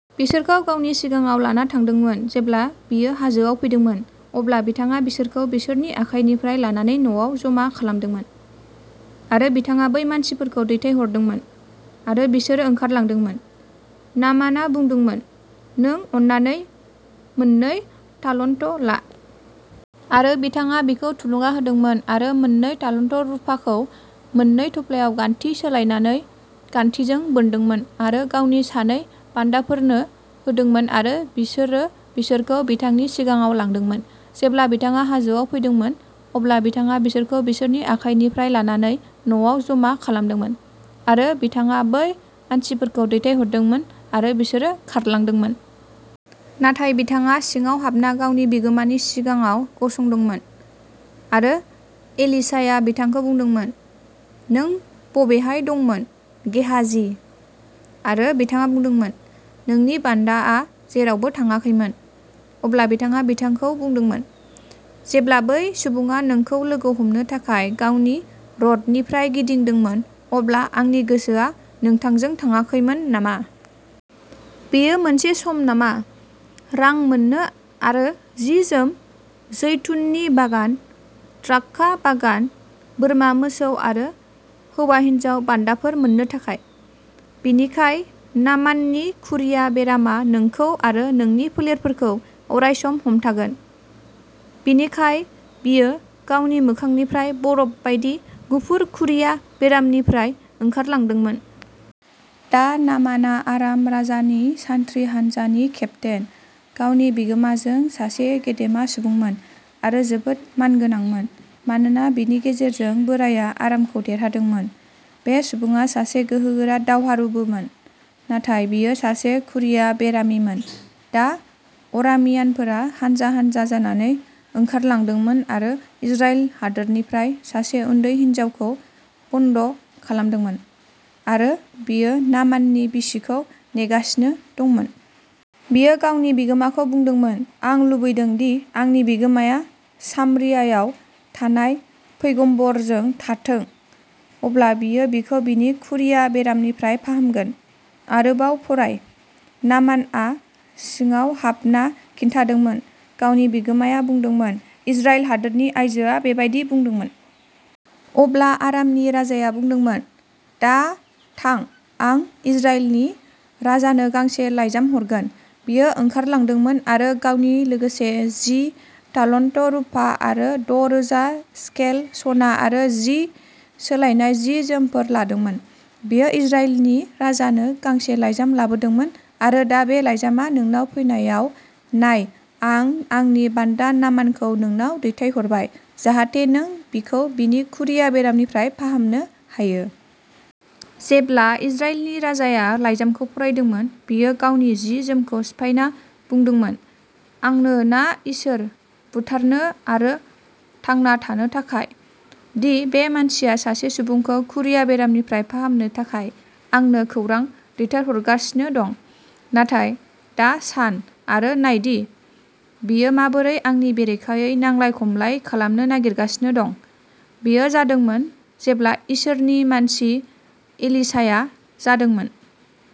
बिसोरखौ गावनि सिगाङाव लाना थांदोंमोन। जेब्ला बियो हाजोआव फैदोंमोन, अब्ला बिथाङा बिसोरखौ बिसोरनि आखाइनिफ्राय लानानै न'आव जमा खालामदोंमोन, आरो बिथाङा बै मानसिफोरखौ दैथायहरदोंमोन, आरो बिसोरो ओंखारलांदोंमोन। नामाना बुंदोंमोन, "नों अननानै मोननै तालन्त ला।" आरो बिथाङा बिखौ थुलुंगा होदोंमोन, आरो मोन्नै तालन्त रुफाखौ मोन्नै थफ्लायाव गान्थि सोलायनानै गान्थिजों बोनदोंमोन आरो गावनि सानै बान्दाफोरनो होदोंमोन आरो बिसोरो बिसोरखौ बिथांनि सिगाङाव लांदोंमोन। जेब्ला बिथाङा हाजोआव फैदोंमोन, अब्ला बिथाङा बिसोरखौ बिसोरनि आखाइनिफ्राय लानानै न'आव जमा खालामदोंमोन, आरो बिथाङा बै मानसिफोरखौ दैथायहरदोंमोन, आरो बिसोरो खारलांदोंमोन। नाथाय बिथाङा सिङाव हाबना गावनि बिगोमानि सिगाङाव गसंदोंमोन। आरो एलिशाया बिथांखौ बुंदोंमोन, "नों बबेहाय दंमोन, गेहाजी?" आरो बिथाङा बुंदोंमोन, "नोंनि बान्दाआ जेरावबो थाङाखैमोन।" अब्ला बिथाङा बिथांखौ बुंदोंमोन, "जेब्ला बै सुबुङा नोंखौ लोगो हमनो थाखाय गावनि रथनिफ्राय गिदिंदोंमोन, अब्ला आंनि गोसोआ नोंथांजों थाङाखैमोन नामा? बेयो मोनसे सम नामा? रां मोन्नो आरो जि जोम, जैतुननि बागान, द्राक्षा बागान, बोरमा मोसौ आरो हौवा हिन्जाव बान्दाफोर मोन्नो थाखाय? "बिनिखाय, नामाननि खुरिया बेरामआ नोंखौ आरो नोंनि फोलेरफोरखौ अरायसम हमथागोन।" बिनिखाय बियो गावनि मोखांनिफ्राय बरफ बायदि गुफुर खुरिया बेरामनिफ्राय ओंखारलांदोंमोन। दा नामाना, आराम राजानि सान्थ्रि हानजानि केप्तेन, गावनि बिगोमाजों सासे गेदेमा सुबुंमोन, आरो जोबोद मानगोनांमोन, मानोना बिनि गेजेरजों बोराया आरामखौ देरहादोंमोन। बे सुबुङा सासे गोहोगोरा दावहारुबोमोन, नाथाय बियो सासे खुरिया बेरामिमोन। दा अरामियानफोरा हान्जा हान्जा जानानै ओंखारलांदोंमोन आरो इजराइल हादोरनिफ्राय सासे उन्दै हिनजावखौ बन्द' खालामदोंमोन; आरो बियो नामाननि बिसिखौ नेगासिनो दंमोन। बियो गावनि बिगोमाखौ बुंदोंमोन, "आं लुबैदों दि आंनि बिगोमाया सामरियायाव थानाय पैगम्बरजों थाथों। अब्ला बियो बिखौ बिनि खुरिया बेरामनिफ्राय फाहामगोन।" आरोबाव फराय। नामानआ सिङाव हाबना खिन्थादोंमोन। गावनि बिगोमाया बुंदोंमोन, "इजराइल हादोरनि आइजोआ बेबायदि बुंदोंमोन।" अब्ला आरामनि राजाया बुंदोंमोन, "दा थां, आं इजराइलनि राजानो गांसे लाइजाम हरगोन।" बियो ओंखारलांदोंमोन आरो गावनि लोगोसे जि तालन्त रुपा आरो द' रोजा शेकेल सना आरो जि सोलायनाय जि जोमफोर लादोंमोन। बियो इजराइलनि राजानो गांसे लाइजाम लाबोदोंमोन, "आरो दा बे लाइजामआ नोंनाव फैनायाव, नाय, आं आंनि बान्दा नामानखौ नोंनाव दैथायहरबाय, जाहाथे नों बिखौ बिनि खुरिया बेरामनिफ्राय फाहामनो हायो।" जेब्ला इजराइलनि राजाया लाइजामखौ फरायदोंमोन, बियो गावनि जि जोमखौ सिफायना बुंदोंमोन, "आंनो ना इसोर, बुथारनो आरो थांना थानो थाखाय, दि बे मानसिया सासे सुबुंखौ खुरिया बेरामनिफ्राय फाहामनो थाखाय आंनो खौरां दैथायहरगासिनो दं? नाथाय दा सान, आरो नायदि बियो माबोरै आंनि बेरेखायै नांलाय खमलाय खालामनो नागिरगासिनो दं।" बेयो जादोंमोन जेब्ला इसोरनि मानसि एलिशाया जादोंमोन।